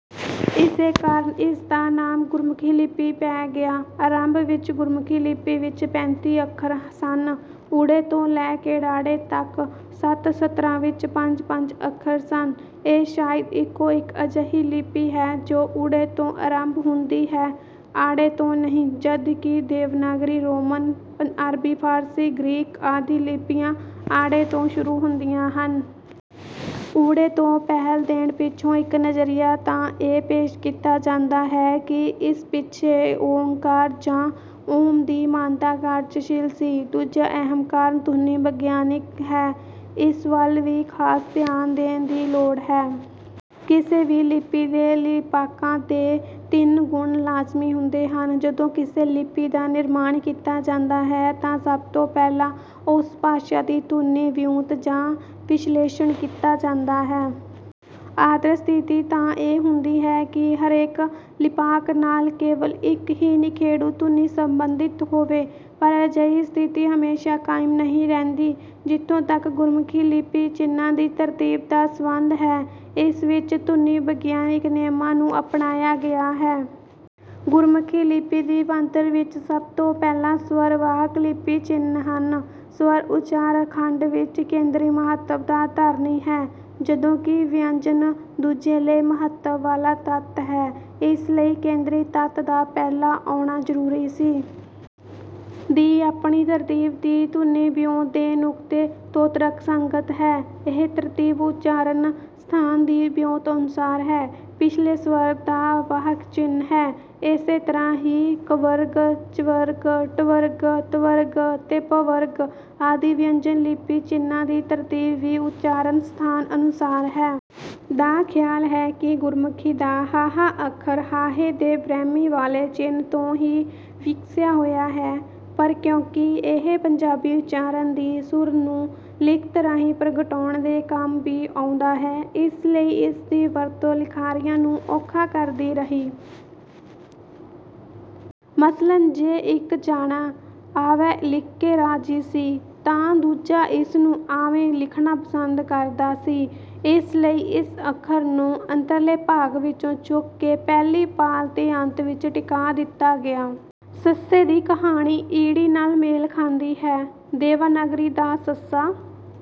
ਇਸੇ ਕਾਰਨ ਇਸ ਦਾ ਨਾਮ ਗੁਰਮੁਖੀ ਲਿਪੀ ਪੈ ਗਿਆ। ਅਰੰਭ ਵਿੱਚ ਗੁਰਮੁਖੀ ਲਿਪੀ ਵਿੱਚ ਪੈਂਤੀ ਅੱਖਰ ਸਨ। 'ੳ' ਤੋਂ ਲੈ ਕੇ 'ੜ' ਤੱਕ ਸੱਤ ਸਤਰਾਂ ਵਿੱਚ ਪੰਜ-ਪੰਜ ਅੱਖਰ ਸਨ। ਇਹ ਸ਼ਾਇਦ ਇੱਕੋ-ਇੱਕ ਅਜਿਹੀ ਲਿਪੀ ਹੈ, ਜੋ 'ੳ' ਤੋਂ ਅਰੰਭ ਹੁੰਦੀ ਹੈ 'ਅ' ਤੋਂ ਨਹੀਂ ਜਦ ਕਿ ਦੇਵਨਾਗਰੀ, ਰੋਮਨ, ਅਰਬੀ-ਫ਼ਾਰਸੀ, ਗ੍ਰੀਕ ਆਦਿ ਲਿਪੀਆਂ 'ਅ' ਤੋਂ ਸ਼ੁਰੂ ਹੁੰਦੀਆਂ ਹਨ। 'ਊੜੇ' ਨੂੰ ਪਹਿਲ ਦੇਣ ਪਿੱਛੇ ਇੱਕ ਨਜ਼ਰੀਆ ਤਾਂ ਇਹ ਪੇਸ਼ ਕੀਤਾ ਜਾਂਦਾ ਹੈ ਕਿ ਇਸ ਪਿੱਛੇ 'ਓਅੰਕਾਰ' ਜਾਂ 'ਓਮ' ਦੀ ਮਾਨਤਾ ਕਾਰਜਸ਼ੀਲ ਸੀ। ਦੂਜਾ ਅਹਿਮ ਕਾਰਨ ਧੁਨੀ-ਵਿਗਿਆਨਿਕ ਹੈ। ਇਸ ਵੱਲ ਵੀ ਖ਼ਾਸ ਧਿਆਨ ਦੇਣ ਦੀ ਲੋੜ ਹੈ। ਕਿਸੇ ਵੀ ਲਿਪੀ ਦੇ ਲਿਪਾਂਕਾਂ ਦੇ ਤਿੰਨ ਗੁਣ ਲਾਜ਼ਮੀ ਹੁੰਦੇ ਹਨ: ਜਦੋਂ ਕਿਸੇ ਲਿਪੀ ਦਾ ਨਿਰਮਾਣ ਕੀਤਾ ਜਾਂਦਾ ਹੈ ਤਾਂ ਸਭ ਤੋਂ ਪਹਿਲਾਂ ਉਸ ਭਾਸ਼ਾ ਦੀ ਧੁਨੀ ਵਿਉਂਤ ਦਾ ਵਿਸ਼ਲੇਸ਼ਣ ਕੀਤਾ ਜਾਂਦਾ ਹੈ। ਆਦਰਸ਼ ਸਥਿਤੀ ਤਾਂ ਇਹ ਹੁੰਦੀ ਹੈ ਕਿ ਹਰੇਕ ਲਿਪਾਂਕ ਨਾਲ ਕੇਵਲ ਇੱਕ ਹੀ ਨਿਖੇੜੂ ਧੁਨੀ ਸੰਬੰਧਿਤ ਹੋਵੇ, ਪਰ ਅਜਿਹੀ ਸਥਿਤੀ ਹਮੇਸ਼ਾਂ ਕਾਇਮ ਨਹੀਂ ਰਹਿੰਦੀ। ਜਿੱਥੋਂ ਤੱਕ ਗੁਰਮੁਖੀ ਲਿਪੀ ਚਿੰਨ੍ਹਾਂ ਦੀ ਤਰਤੀਬ ਦਾ ਸਬੰਧ ਹੈ, ਇਸ ਵਿੱਚ ਧੁਨੀ-ਵਿਗਿਆਨਿਕ ਨੇਮਾਂ ਨੂੰ ਅਪਣਾਇਆ ਗਿਆ ਹੈ। ਗੁਰਮੁਖੀ ਲਿਪੀ ਦੀ ਬਣਤਰ ਵਿੱਚ ਸਭ ਤੋਂ ਪਹਿਲਾਂ ਸ੍ਵਰ ਵਾਹਕ ਲਿਪੀ ਚਿੰਨ੍ਹ ਹਨ। ਸ੍ਵਰ ਉਚਾਰ-ਖੰਡ ਵਿੱਚ ਕੇਂਦਰੀ ਮਹੱਤਵ ਦਾ ਧਾਰਨੀ ਹੈ, ਜਦੋਂ ਕਿ ਵਿਅੰਜਨ ਦੁਜੈਲੇ ਮਹੱਤਵ ਵਾਲਾ ਤੱਤ ਹੈ। ਇਸ ਲਈ ਕੇਂਦਰੀ ਤੱਤ ਦਾ ਪਹਿਲਾਂ ਆਉਣਾ ਜ਼ਰੂਰੀ ਸੀ। ਦੀ ਆਪਣੀ ਤਰਤੀਬ ਵੀ ਧੁਨੀ-ਵਿਉਂਤ ਦੇ ਨੁਕਤੇ ਤੋਂਤਰਕ ਸੰਗਤ ਹੈ। ਇਹ ਤਰਤੀਬ ਉਚਾਰਨ ਸਥਾਨ ਦੀ ਵਿਉਂਤ ਅਨੁਸਾਰ ਹੈ। ਪਿਛਲੇ ਸ੍ਵਰ ਦਾ ਵਾਹਕ ਚਿੰਨ੍ਹ ਹੈ। ਇਸੇ ਤਰ੍ਹਾਂ ਹੀ ਕਵਰਗ, ਚਵਰਗ, ਟਵਰਗ, ਤਵਰਗ ਤੇ ਪਵਰਗ ਆਦਿ ਵਿਅੰਜਨ ਲਿਪੀ ਚਿੰਨ੍ਹਾਂ ਦੀ ਤਰਤੀਬ ਵੀ ਉਚਾਰਨ ਸਥਾਨ ਅਨੁਸਾਰ ਹੈ। ਦਾ ਖ਼ਿਆਲ ਹੈ ਕਿ ਗੁਰਮੁਖੀ ਦਾ 'ਹ' ਅੱਖਰ 'ਹਾਹੇ' ਦੇ ਬ੍ਰਹਮੀ ਵਾਲੇ ਚਿੰਨ੍ਹ ਤੋਂ ਹੀ ਵਿਗਸਿਆ ਹੋਇਆ ਹੈ, ਪਰ ਕਿਉਂਕਿ ਇਹ ਪੰਜਾਬੀ ਉਚਾਰਨ ਦੀ ਸੁਰ ਨੂੰ ਲਿਖਤ ਰਾਹੀਂ ਪ੍ਰਗਟਾਉਣ ਦੇ ਕੰਮ ਵੀ ਆਉਂਦਾ ਹੈ, ਇਸ ਲਈ ਇਸ ਦੀ ਵਰਤੋਂ ਲਿਖਾਰੀਆਂ ਨੂੰ ਔਖਾ ਕਰਦੀ ਰਹੀ। ਮਸਲਨ ਜੇ ਇੱਕ ਜਾਣਾ 'ਆਵਹਿ' ਲਿਖ ਕੇ ਰਾਜ਼ੀ ਸੀ, ਤਾਂ ਦੂਜਾ ਇਸ ਨੂੰ 'ਆਵੈ' ਲਿਖਣਾ ਪਸੰਦ ਕਰਦਾ ਸੀ। ਇਸ ਲਈ ਇਸ ਅੱਖਰ ਨੂੰ ਅੰਤਲੇ ਭਾਗ ਵਿੱਚੋਂ ਚੁੱਕ ਕੇ ਪਹਿਲੀ ਪਾਲ ਦੇ ਅੰਤ ਵਿੱਚ ਟਿਕਾ ਦਿੱਤਾ ਗਿਆ। 'ਸੱਸੇ' ਦੀ ਕਹਾਣੀ ਈੜੀ ਨਾਲ ਮੇਲ ਖਾਂਦੀ ਹੈ। ਦੇਵਨਾਗਰੀ ਦਾ 'ਸ'